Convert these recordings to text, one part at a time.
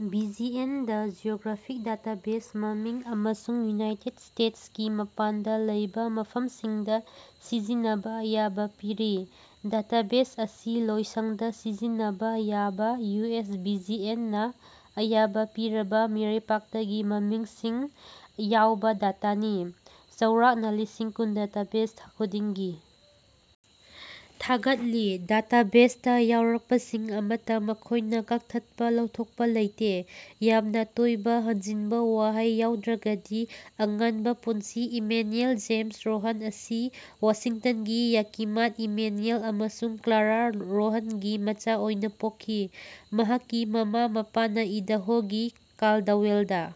BGN the geographic database ꯃꯃꯤꯡ ꯑꯃꯁꯨꯡ united ꯁ꯭ꯇꯦꯠꯁꯀꯤ ꯃꯄꯥꯟꯗ ꯂꯩꯕ ꯃꯐꯝꯁꯤꯡꯗ ꯁꯤꯖꯤꯟꯅꯕ ꯑꯌꯥꯕ ꯄꯤꯔꯤ꯫ ꯗꯇꯥꯕꯦꯁ ꯑꯁꯤ ꯂꯣꯏꯁꯪꯗ ꯁꯤꯖꯤꯟꯅꯕ ꯌꯥꯕ ꯌꯨꯑꯦꯁ ꯕꯤꯖꯤꯑꯦꯟ ꯅ ꯑꯌꯥꯕ ꯄꯤꯔꯕ ꯃꯤꯔꯩꯄꯥꯛꯇꯒꯤ ꯃꯃꯤꯡꯁꯤꯡ ꯌꯥꯎꯕ ꯗꯥꯇꯥꯅꯤ꯫ ꯆꯧꯔꯥꯛꯅ ꯂꯤꯁꯤꯡꯀꯨꯟ ꯗꯥꯇꯥꯕꯦꯁ ꯊꯥ ꯈꯨꯗꯤꯡꯒꯤ ꯊꯥꯒꯠꯂꯤ꯫ ꯗꯥꯇꯥꯕꯦꯁ ꯇ ꯌꯥꯎꯔꯛꯄꯁꯤꯡ ꯑꯃꯠꯇ ꯃꯈꯣꯏꯅ ꯀꯛꯊꯠꯄ ꯂꯧꯊꯣꯛꯄ ꯂꯩꯇꯦ, ꯌꯥꯝꯅ ꯇꯣꯏꯕ ꯍꯟꯖꯤꯟꯕ ꯋꯥꯍꯩ ꯌꯥꯎꯗ꯭ꯔꯒꯗꯤ꯫ ꯑꯉꯟꯕ ꯄꯨꯟꯁꯤ ꯏꯃꯦꯅ꯭ꯌꯦꯜ ꯖꯦꯝꯁ ꯔꯣꯍꯟ ꯑꯁꯤ ꯋꯥꯁꯤꯡꯇꯟꯒꯤ ꯌꯥꯀꯤꯃꯥꯗ ꯏꯃꯦꯅ꯭ꯌꯦꯜ ꯑꯃꯁꯨꯡ ꯀ꯭ꯂꯥꯔꯥ ꯔꯣꯍꯟꯒꯤ ꯃꯆꯥ ꯑꯣꯏꯅ ꯄꯣꯛꯈꯤ꯫ ꯃꯍꯥꯛꯀꯤ ꯃꯃꯥ-ꯃꯄꯥꯅ ꯏꯗꯥꯍꯣꯒꯤ ꯀꯥꯜꯗꯋꯦꯜꯗ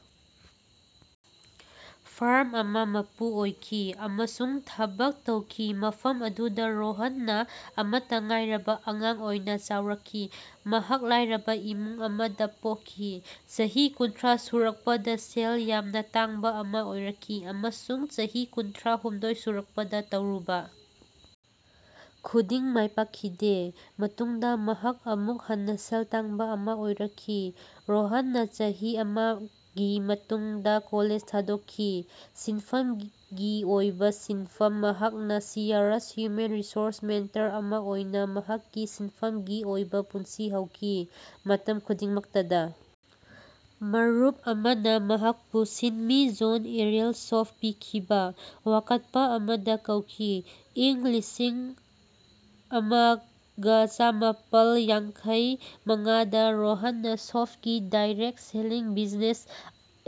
ꯐꯥꯔ꯭ꯝ ꯑꯃ ꯃꯄꯨ ꯑꯣꯏꯈꯤ ꯑꯃꯁꯨꯡ ꯊꯕꯛ ꯇꯧꯈꯤ꯫ ꯃꯐꯝ ꯑꯗꯨꯗ ꯔꯣꯍꯟꯅ ꯑꯃꯠꯇ ꯉꯥꯏꯔꯕ ꯑꯉꯥꯡ ꯑꯣꯏꯅ ꯆꯥꯎꯔꯛꯈꯤ꯫ ꯃꯍꯥꯛ ꯂꯥꯏꯔꯕ ꯏꯃꯨꯡ ꯑꯃꯗ ꯄꯣꯛꯈꯤ, ꯆꯍꯤ ꯀꯨꯟꯊ꯭ꯔꯥ ꯁꯨꯔꯛꯄꯗ ꯁꯦꯜ ꯌꯥꯝꯅ ꯇꯥꯟꯕ ꯑꯃ ꯑꯣꯏꯔꯛꯈꯤ, ꯑꯃꯁꯨꯡ ꯆꯍꯤ ꯀꯨꯟꯊ꯭ꯔꯥꯍꯨꯝꯗꯣꯏ ꯁꯨꯔꯛꯄꯗ ꯇꯧꯔꯨꯕ ꯈꯨꯗꯤꯡ ꯃꯥꯏꯄꯥꯛꯈꯤꯗꯦ꯫ ꯃꯇꯨꯡꯗ ꯃꯍꯥꯛ ꯑꯃꯨꯛ ꯍꯟꯅ ꯁꯦꯜ ꯇꯥꯟꯕ ꯑꯃ ꯑꯣꯏꯔꯛꯈꯤ꯫ ꯔꯣꯍꯟꯅ ꯆꯍꯤ ꯑꯃꯒꯤ ꯃꯇꯨꯡꯗ ꯀꯣꯂꯦꯖ ꯊꯥꯗꯣꯛꯈꯤ꯫ ꯁꯤꯟꯐꯝꯒꯤ ꯑꯣꯏꯕ ꯁꯤꯟꯐꯝ ꯃꯍꯥꯛꯅ ꯁꯤꯌꯔꯁ ꯍ꯭ꯌꯨꯃꯦꯟ ꯔꯤꯁꯣꯔꯁ ꯃꯦꯟꯇꯔ ꯑꯃ ꯑꯣꯏꯅ ꯃꯍꯥꯛꯀꯤ ꯁꯤꯟꯐꯝꯒꯤ ꯑꯣꯏꯕ ꯄꯨꯟꯁꯤ ꯍꯧꯈꯤ꯫ ꯃꯇꯝ ꯈꯨꯗꯤꯡꯃꯛꯇꯗ, ꯃꯔꯨꯞ ꯑꯃꯅ ꯃꯍꯥꯛꯄꯨ ꯁꯤꯟꯃꯤ ꯖꯣꯟ ꯑꯦꯔꯜ ꯁꯣꯐ ꯄꯤꯈꯤꯕ ꯋꯥꯀꯠꯄ ꯑꯃꯗ ꯀꯧꯈꯤ꯫ ꯏꯪ ꯂꯤꯁꯤꯡ ꯑꯃꯒ ꯆꯃꯥꯄꯜ ꯌꯥꯡꯈꯩꯃꯉꯥꯗ ꯔꯣꯍꯟꯅ ꯁꯣꯐꯀꯤ ꯗꯥꯏꯔꯦꯛ ꯁꯦꯂꯤꯡ ꯕꯤꯖꯤꯅꯦꯁ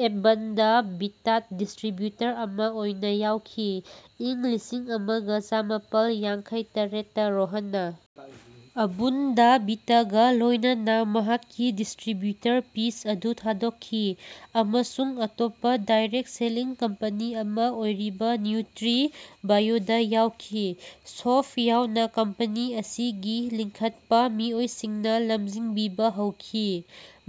ꯑꯕꯨꯟꯗ ꯚꯤꯇꯥꯗ ꯗꯤꯁꯇ꯭ꯔꯤꯕ꯭ꯌꯨꯇꯔ ꯑꯃ ꯑꯣꯏꯅ ꯌꯥꯎꯈꯤ꯫ ꯏꯪ ꯂꯤꯁꯤꯡ ꯑꯃꯒ ꯆꯃꯥꯄꯜ ꯌꯥꯡꯈꯩꯇꯔꯦꯠꯇꯥ ꯔꯣꯍꯟꯅ ꯑꯕꯨꯟꯗ ꯚꯤꯇꯥꯒ ꯂꯣꯏꯅꯅ ꯃꯍꯥꯛꯀꯤ ꯗꯤꯁꯇ꯭ꯔꯤꯕ꯭ꯌꯨꯇꯔꯄꯤꯁ ꯑꯗꯨ ꯊꯥꯗꯣꯛꯈꯤ ꯑꯃꯁꯨꯡ ꯑꯇꯣꯞꯄ ꯗꯥꯏꯔꯦꯛꯠ ꯁꯦꯂꯤꯡ ꯀꯝꯄꯅꯤ ꯑꯃ ꯑꯣꯏꯔꯤꯕ ꯅ꯭ꯌꯨꯇ꯭ꯔꯤ-ꯕꯥꯏꯌꯣꯗ ꯌꯥꯎꯈꯤ꯫ ꯁꯣꯐ ꯌꯥꯎꯅ ꯀꯝꯄꯅꯤ ꯑꯁꯤꯒꯤ ꯂꯤꯡꯈꯠꯄ ꯃꯤꯑꯣꯏꯁꯤꯡꯅ ꯂꯝꯖꯤꯡꯕꯤꯕ ꯍꯧꯈꯤ꯫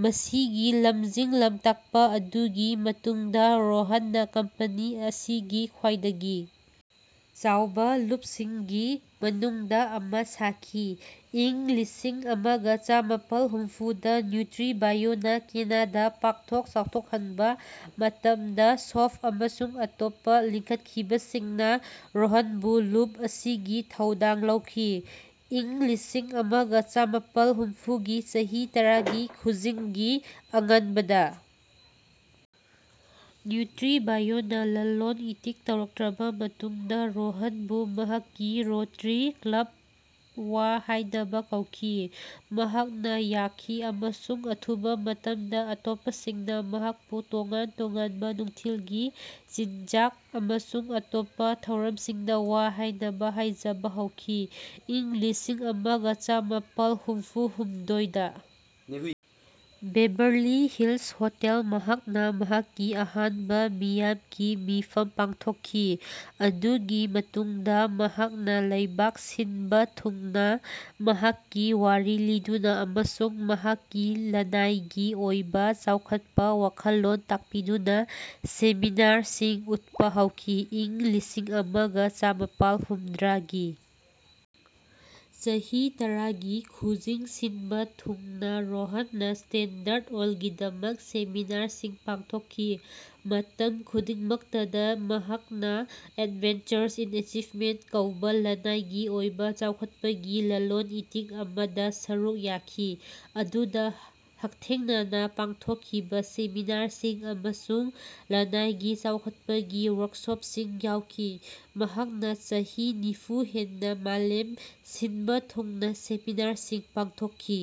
ꯃꯁꯤꯒꯤ ꯂꯝꯖꯤꯡ-ꯂꯝꯇꯥꯛꯄ ꯑꯗꯨꯒꯤ ꯃꯇꯨꯡꯗ ꯔꯣꯍꯟꯅ ꯀꯝꯄꯅꯤ ꯑꯁꯤꯒꯤ ꯈ꯭ꯋꯥꯏꯗꯒꯤ ꯆꯥꯎꯕ ꯂꯨꯞꯁꯤꯡꯒꯤ ꯃꯅꯨꯡꯗ ꯑꯃ ꯁꯥꯈꯤ꯫ ꯏꯪ ꯂꯤꯁꯤꯡ ꯑꯃꯒ ꯆꯃꯥꯄꯜ ꯍꯨꯝꯐꯨꯗ ꯅ꯭ꯌꯨꯇ꯭ꯔꯤ-ꯕꯥꯏꯌꯣꯅ ꯀꯦꯅꯗꯥ ꯄꯥꯛꯊꯣꯛ ꯆꯥꯎꯊꯣꯛꯍꯟꯕ ꯃꯇꯝꯗ ꯁꯣꯐ ꯑꯃꯁꯨꯡ ꯑꯇꯣꯞꯄ ꯂꯤꯡꯈꯠꯈꯤꯕꯁꯤꯡꯅ ꯔꯣꯍꯟꯕꯨ ꯂꯨꯞ ꯑꯁꯤꯒꯤ ꯊꯧꯗꯥꯡ ꯂꯧꯈꯤ꯫ ꯏꯪ ꯂꯤꯁꯤꯡ ꯑꯃꯒ ꯆꯃꯥꯄꯜ ꯍꯨꯝꯐꯨꯒꯤ ꯆꯍꯤ ꯇꯔꯥꯒꯤ ꯈꯨꯖꯤꯡꯒꯤ ꯑꯉꯟꯕꯗ ꯅ꯭ꯌꯨꯇ꯭ꯔꯤ-ꯕꯥꯏꯌꯣꯅ ꯂꯂꯣꯟ-ꯏꯇꯤꯛ ꯇꯧꯔꯛꯇ꯭ꯔꯕ ꯃꯇꯨꯡꯗ ꯔꯣꯍꯟꯕꯨ ꯃꯍꯥꯛꯀꯤ ꯔꯣꯇꯔꯤ ꯀ꯭ꯂꯕ ꯋꯥ ꯍꯥꯏꯅꯕ ꯀꯧꯈꯤ꯫ ꯃꯍꯥꯛꯅ ꯌꯥꯈꯤ, ꯑꯃꯁꯨꯡ ꯑꯊꯨꯕ ꯃꯇꯝꯗ ꯑꯇꯣꯞꯄꯁꯤꯡꯅ ꯃꯍꯥꯛꯄꯨ ꯇꯣꯉꯥꯟ-ꯇꯣꯉꯥꯟꯕ ꯅꯨꯡꯊꯤꯜꯒꯤ ꯆꯤꯟꯖꯥꯛ ꯑꯃꯁꯨꯡ ꯑꯇꯣꯞꯄ ꯊꯧꯔꯝꯁꯤꯡꯗ ꯋꯥ ꯍꯥꯏꯅꯕ ꯍꯥꯏꯖꯕ ꯍꯧꯈꯤ꯫ ꯏꯪ ꯂꯤꯁꯤꯡ ꯑꯃꯒ ꯆꯃꯥꯄꯜ ꯍꯨꯝꯐꯨꯍꯨꯝꯗꯣꯏꯗ ꯕꯦꯕꯔꯂꯤ ꯍꯤꯜꯁ ꯍꯣꯇꯦꯜ ꯃꯍꯥꯛꯅ ꯃꯍꯥꯛꯀꯤ ꯑꯍꯥꯟꯕ ꯃꯤꯌꯥꯝꯒꯤ ꯃꯤꯐꯝ ꯄꯥꯡꯊꯣꯛꯈꯤ꯫ ꯃꯗꯨꯒꯤ ꯃꯇꯨꯡꯗ ꯃꯍꯥꯛꯅ ꯂꯩꯕꯥꯛ ꯁꯤꯟꯕ ꯊꯨꯡꯅ ꯃꯍꯥꯛꯀꯤ ꯋꯥꯔꯤ ꯂꯤꯗꯨꯅ ꯑꯃꯁꯨꯡ ꯃꯍꯥꯛꯀꯤ ꯂꯅꯥꯏꯒꯤ ꯑꯣꯏꯕ ꯆꯥꯎꯈꯠꯄ ꯋꯥꯈꯜꯂꯣꯟ ꯇꯥꯛꯄꯤꯗꯨꯅ ꯁꯦꯃꯤꯅꯥꯔꯁꯤꯡ ꯎꯠꯄ ꯍꯧꯈꯤ꯫ ꯏꯪ ꯂꯤꯁꯤꯡ ꯑꯃꯒ ꯆꯃꯥꯄꯜ ꯍꯨꯝꯗ꯭ꯔꯥꯒꯤ ꯆꯍꯤ ꯇꯔꯥꯒꯤ ꯈꯨꯖꯤꯡ ꯁꯤꯟꯕ ꯊꯨꯡꯅ ꯔꯣꯍꯟꯅ ꯁ꯭ꯇꯦꯟꯗ꯭ꯔꯠ ꯑꯣꯏꯜꯒꯤꯗꯃꯛ ꯁꯦꯃꯤꯅꯥꯔꯁꯤꯡ ꯄꯥꯡꯊꯣꯛꯈꯤ꯫ ꯃꯇꯝ ꯈꯨꯗꯤꯡꯃꯛꯇꯗ ꯃꯍꯥꯛꯅ ꯑꯦꯗꯚꯦꯟꯆꯔꯁ ꯏꯟ ꯑꯦꯆꯤꯚꯃꯦꯟꯠ ꯀꯧꯕ ꯂꯅꯥꯏꯒꯤ ꯑꯣꯏꯕ ꯆꯥꯎꯈꯠꯄꯒꯤ ꯂꯂꯣꯟ-ꯏꯇꯤꯛ ꯑꯃꯗ ꯁꯔꯨꯛ ꯌꯥꯈꯤ, ꯑꯗꯨꯗ ꯍꯛꯊꯦꯡꯅꯅ ꯄꯥꯡꯊꯣꯛꯈꯤꯕ ꯁꯦꯃꯤꯅꯥꯔꯁꯤꯡ ꯑꯃꯁꯨꯡ ꯂꯅꯥꯏꯒꯤ ꯆꯥꯎꯈꯠꯄꯒꯤ ꯋꯥꯔꯛꯁꯣꯞꯁꯤꯡ ꯌꯥꯎꯈꯤ꯫ ꯃꯍꯥꯛꯅ ꯆꯍꯤ ꯅꯤꯐꯨ ꯍꯦꯟꯅ ꯃꯥꯂꯦꯝ ꯁꯤꯟꯕ ꯊꯨꯡꯅ ꯁꯦꯃꯤꯅꯥꯔꯁꯤꯡ ꯄꯥꯡꯊꯣꯛꯈꯤ꯫